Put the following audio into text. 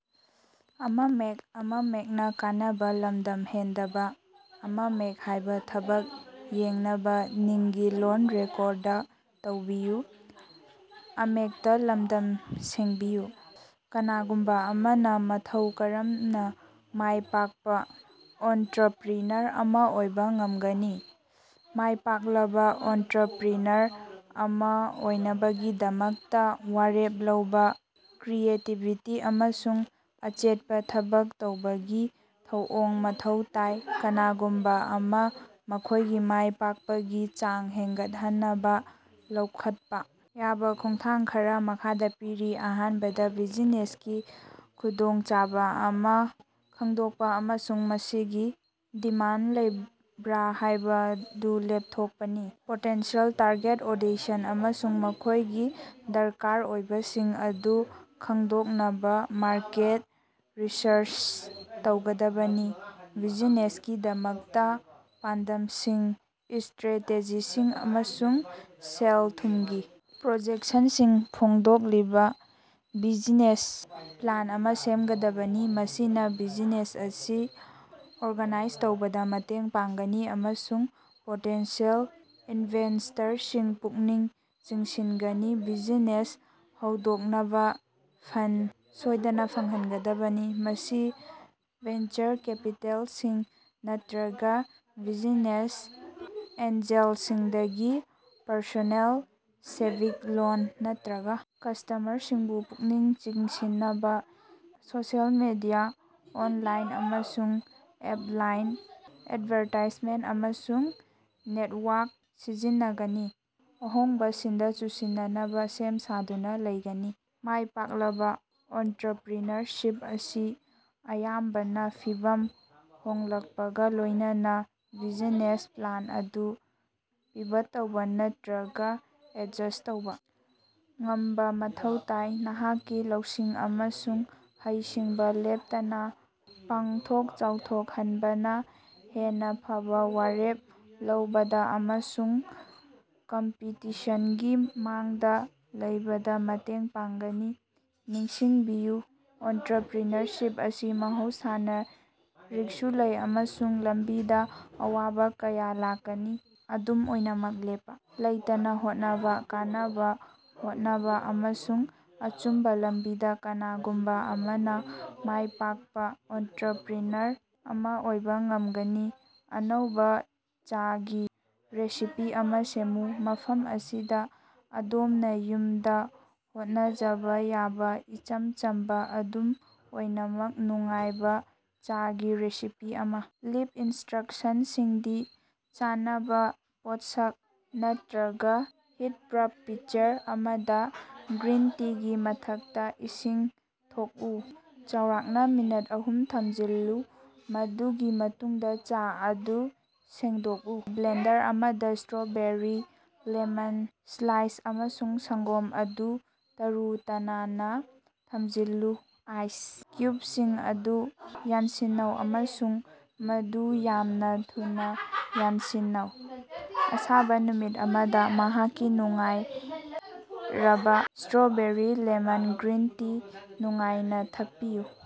ꯀꯅꯥꯒꯨꯝꯕꯥ ꯑꯃꯅꯥ ꯃꯇꯧ ꯀꯔꯝꯅꯥ ꯃꯥꯏ ꯄꯥꯛꯄꯥ ꯑꯣꯟꯇꯔꯄ꯭ꯔꯤꯅꯔ ꯑꯃꯥ ꯑꯣꯏꯕꯥ ꯉꯝꯒꯅꯤ? ꯃꯥꯏ ꯄꯥꯛꯂꯕꯥ ꯑꯣꯟꯇꯔꯄ꯭ꯔꯤꯅꯔ ꯑꯃꯥ ꯑꯣꯏꯅꯕꯒꯤꯗꯃꯛꯇꯥ ꯋꯥꯔꯦꯞ ꯂꯧꯕꯥ, ꯀ꯭ꯔꯤꯌꯦꯇꯤꯕꯤꯇꯤ ꯑꯃꯁꯨꯡ ꯑꯆꯦꯠꯄꯥ ꯊꯕꯛ ꯇꯧꯕꯒꯤ ꯊꯧꯑꯣꯡ ꯃꯊꯧ ꯇꯥꯏ꯫ ꯀꯅꯥꯒꯨꯝꯕꯥ ꯑꯃꯅꯥ ꯃꯈꯣꯏꯒꯤ ꯃꯥꯏ ꯄꯥꯛꯄꯒꯤ ꯆꯥꯡ ꯍꯦꯟꯒꯠꯍꯟꯅꯕꯥ ꯂꯧꯈꯠꯄꯥ ꯌꯥꯕꯥ ꯈꯣꯡꯊꯥꯡ ꯈꯔꯥ ꯃꯈꯥꯗ ꯄꯤꯔꯤ: ꯑꯍꯥꯟꯕꯗ ꯕꯤꯖꯤꯅꯦꯁꯀꯤ ꯈꯨꯗꯣꯡꯆꯥꯕ ꯑꯃꯥ ꯈꯪꯗꯣꯛꯄꯥ ꯑꯃꯁꯨꯡ ꯃꯁꯤꯒꯤ ꯗꯤꯃꯥꯟ ꯂꯩꯕ꯭ꯔꯥ ꯍꯥꯏꯕꯗꯨ ꯂꯦꯞꯊꯣꯛꯄꯥꯅꯤ꯫ ꯄꯣꯇꯦꯟꯁꯤꯌꯦꯜ ꯇꯥꯔꯒꯦꯠ ꯑꯣꯗꯤꯁꯟ ꯑꯃꯁꯨꯡ ꯃꯈꯣꯏꯒꯤ ꯗꯔꯀꯥꯔ ꯑꯣꯏꯕꯁꯤꯡ ꯑꯗꯨ ꯈꯪꯗꯣꯛꯅꯕꯥ ꯃꯥꯔꯀꯦꯠ ꯔꯤꯁꯔꯆ ꯇꯧꯒꯗꯕꯅꯤ꯫ ꯕꯤꯖꯤꯅꯦꯁꯀꯤꯗꯃꯛꯇꯥ ꯄꯥꯟꯗꯝꯁꯤꯡ, ꯏꯁꯇ꯭ꯔꯦꯇꯦꯖꯤꯁꯤꯡ ꯑꯃꯁꯨꯡ ꯁꯦꯜ-ꯊꯨꯝꯒꯤ ꯄ꯭ꯔꯣꯖꯦꯛꯁꯟꯁꯤꯡ ꯐꯣꯡꯗꯣꯛꯂꯤꯕꯥ ꯕꯤꯖꯤꯅꯦꯁ ꯄ꯭ꯂꯥꯟ ꯑꯃꯥ ꯁꯦꯝꯒꯗꯕꯅꯤ꯫ ꯃꯁꯤꯅꯥ ꯕꯤꯖꯤꯅꯦꯁ ꯑꯁꯤ ꯑꯣꯔꯒꯅꯥꯏꯖ ꯇꯧꯕꯗꯥ ꯃꯇꯦꯡ ꯄꯥꯡꯒꯅꯤ ꯑꯃꯁꯨꯡ ꯄꯣꯇꯦꯟꯁꯤꯌꯦꯜ ꯏꯟꯚꯦꯁꯇꯔꯁꯤꯡ ꯄꯨꯛꯅꯤꯡ ꯆꯤꯡꯁꯤꯟꯒꯅꯤ꯫ ꯕꯤꯖꯤꯅꯦꯁ ꯍꯧꯗꯣꯛꯅꯕꯥ ꯐꯟ ꯁꯣꯏꯗꯅꯥ ꯐꯪꯍꯟꯒꯗꯕꯅꯤ꯫ ꯃꯁꯤ ꯚꯦꯟꯆꯔ ꯀꯦꯄꯤꯇꯦꯂꯤꯁꯁꯤꯡ ꯅꯠꯇ꯭ꯔꯒꯥ ꯕꯤꯖꯤꯅꯦꯁ ꯑꯦꯟꯖꯦꯜꯁꯤꯡꯗꯒꯤ ꯄꯔꯁꯣꯅꯦꯜ ꯁꯦꯚꯤꯡ, ꯂꯣꯟ ꯅꯠꯇ꯭ꯔꯒꯥ ꯀꯁ꯭ꯇꯃꯔꯁꯤꯡꯕꯨ ꯄꯨꯛꯅꯤꯡ ꯆꯤꯡꯁꯤꯟꯅꯕꯥ ꯁꯣꯁꯤꯑꯦꯜ ꯃꯤꯗꯤꯌꯥ, ꯑꯣꯟꯂꯥꯏꯟ ꯑꯃꯁꯨꯡ ꯑꯣꯞꯂꯥꯏꯟ ꯑꯦꯠꯚꯥꯔꯇꯥꯏꯖꯃꯦꯟꯇ ꯑꯃꯁꯨꯡ ꯅꯦꯠꯋꯥꯛ ꯁꯤꯖꯤꯟꯅꯒꯅꯤ꯫ ꯑꯍꯣꯡꯕꯁꯤꯡꯗꯥ ꯆꯨꯁꯤꯟꯅꯅꯕꯥ ꯁꯦꯝ ꯁꯥꯗꯨꯅꯥ ꯂꯩꯒꯅꯤ꯫ ꯃꯥꯏ ꯄꯥꯛꯂꯕꯥ ꯑꯣꯟꯇꯔꯄ꯭ꯔꯤꯅꯔꯁꯤꯞ ꯑꯁꯤ ꯑꯌꯥꯝꯕꯅꯥ ꯐꯤꯚꯝ ꯍꯣꯡꯂꯛꯄꯒꯥ ꯂꯣꯏꯅꯅꯥ ꯕꯤꯖꯤꯅꯦꯁ ꯄ꯭ꯂꯥꯟ ꯑꯗꯨ ꯄꯤꯐꯝ ꯇꯧꯕꯥ ꯅꯠꯇ꯭ꯔꯒꯥ ꯑꯦꯠꯖꯁ ꯇꯧꯕꯥ ꯉꯝꯕꯥ ꯃꯊꯧ ꯇꯥꯏ꯫ꯅꯍꯥꯛꯀꯤ ꯂꯧꯁꯤꯡ ꯑꯃꯁꯨꯡ ꯍꯩꯁꯤꯡꯕꯥ ꯂꯦꯞꯇꯅꯥ ꯄꯥꯛꯊꯣꯛ ꯆꯥꯎꯊꯣꯛꯍꯟꯕꯅꯥ ꯍꯦꯟꯅꯥ ꯐꯕꯥ ꯋꯥꯔꯦꯞ ꯂꯧꯕꯗꯥ ꯑꯃꯁꯨꯡ ꯀꯝꯄꯤꯇꯤꯁꯟꯒꯤ ꯃꯥꯡꯗꯥ ꯂꯩꯕꯗꯥ ꯃꯇꯦꯡ ꯄꯥꯡꯒꯅꯤ꯫ ꯅꯤꯡꯁꯤꯡꯕꯤꯌꯨ, ꯑꯣꯟꯇꯔꯄ꯭ꯔꯤꯅꯔꯁꯤꯞ ꯑꯁꯤ ꯃꯍꯧꯁꯥꯅꯥ ꯔꯤꯛꯁ ꯂꯩ ꯑꯃꯁꯨꯡ ꯂꯝꯕꯤꯗꯥ ꯑꯋꯥꯕꯥ ꯀꯌꯥ ꯂꯥꯛꯀꯅꯤ꯫ ꯑꯗꯨꯝ ꯑꯣꯏꯅꯃꯛ, ꯂꯦꯞꯄꯥ ꯂꯩꯇꯅꯥ ꯍꯣꯠꯅꯕꯥ, ꯀꯟꯅꯥ ꯍꯣꯠꯅꯕꯥ, ꯑꯃꯁꯨꯡ ꯑꯆꯨꯝꯕꯥ ꯂꯝꯕꯤꯗꯥ ꯀꯅꯥꯒꯨꯝꯕꯥ ꯑꯃꯅꯥ ꯃꯥꯏꯄꯥꯛꯄꯥ ꯑꯣꯟꯇꯔꯄ꯭ꯔꯤꯅꯔ ꯑꯃꯥ ꯑꯣꯏꯕꯥ ꯉꯝꯒꯅꯤ꯫ ꯑꯅꯧꯕꯥ ꯆꯥꯒꯤ ꯔꯦꯁꯤꯄꯤ ꯑꯃꯥ ꯁꯦꯝꯃꯨ꯫ ꯃꯐꯝ ꯑꯁꯤꯗꯥ ꯑꯗꯣꯝꯅꯥ ꯌꯨꯝꯗꯥ ꯍꯣꯠꯅꯖꯕꯥ ꯌꯥꯕꯥ ꯏꯆꯝ ꯆꯝꯕꯥ, ꯑꯗꯨꯝ ꯑꯣꯏꯅꯃꯛ ꯅꯨꯡꯉꯥꯏꯕꯥ ꯆꯥꯒꯤ ꯔꯦꯁꯤꯄꯤ ꯑꯃꯥ ꯂꯤꯞ, ꯏꯟꯁꯇ꯭ꯔꯛꯁꯟꯁꯤꯡꯗꯤ ꯆꯥꯅꯕꯥ ꯄꯣꯠꯁꯛ ꯅꯠꯇ꯭ꯔꯒꯥ ꯍꯤꯠꯄ꯭ꯔꯨꯞ ꯄꯤꯆꯔ ꯑꯃꯗꯥ, ꯒ꯭ꯔꯤꯟ ꯇꯤꯒꯤ ꯃꯊꯛꯇꯥ ꯏꯁꯤꯡ ꯊꯥꯛꯎ꯫ ꯆꯥꯎꯔꯥꯛꯅꯥ ꯃꯤꯅꯠ ꯑꯍꯨꯝ ꯊꯝꯖꯤꯜꯂꯨ ꯃꯗꯨꯒꯤ ꯃꯇꯨꯡꯗꯥ ꯆꯥ ꯑꯗꯨ ꯁꯦꯡꯗꯣꯛꯎ꯫ ꯕ꯭ꯂꯦꯟꯗꯔ ꯑꯃꯗꯥ, ꯏꯁꯇ꯭ꯔꯣꯕꯦꯔꯤ, ꯂꯦꯃꯟ ꯁ꯭ꯂꯥꯏꯁ ꯑꯃꯁꯨꯡ ꯁꯪꯒꯣꯝ ꯑꯗꯨ ꯇꯔꯨ-ꯇꯅꯥꯟꯅꯥ ꯊꯝꯖꯤꯜꯂꯨ꯫ ꯑꯥꯏꯁ ꯀ꯭ꯌꯨꯕꯁꯤꯡ ꯑꯗꯨ ꯌꯥꯟꯁꯤꯟꯅꯧ, ꯑꯃꯁꯨꯡ ꯃꯗꯨ ꯌꯥꯝꯅꯥ ꯊꯨꯅꯥ ꯌꯥꯟꯁꯤꯟꯅꯧ꯫ ꯑꯁꯥꯕ ꯅꯨꯃꯤꯠ ꯑꯃꯗꯥ ꯅꯍꯥꯛꯀꯤ ꯅꯨꯡꯉꯥꯏꯔꯕꯥ ꯏꯁꯇ꯭ꯔꯣꯕꯦꯔꯤ ꯂꯦꯃꯟ ꯒ꯭ꯔꯤꯟ ꯇꯤ ꯅꯨꯡꯉꯥꯏꯅ ꯊꯛꯄꯤꯎ꯫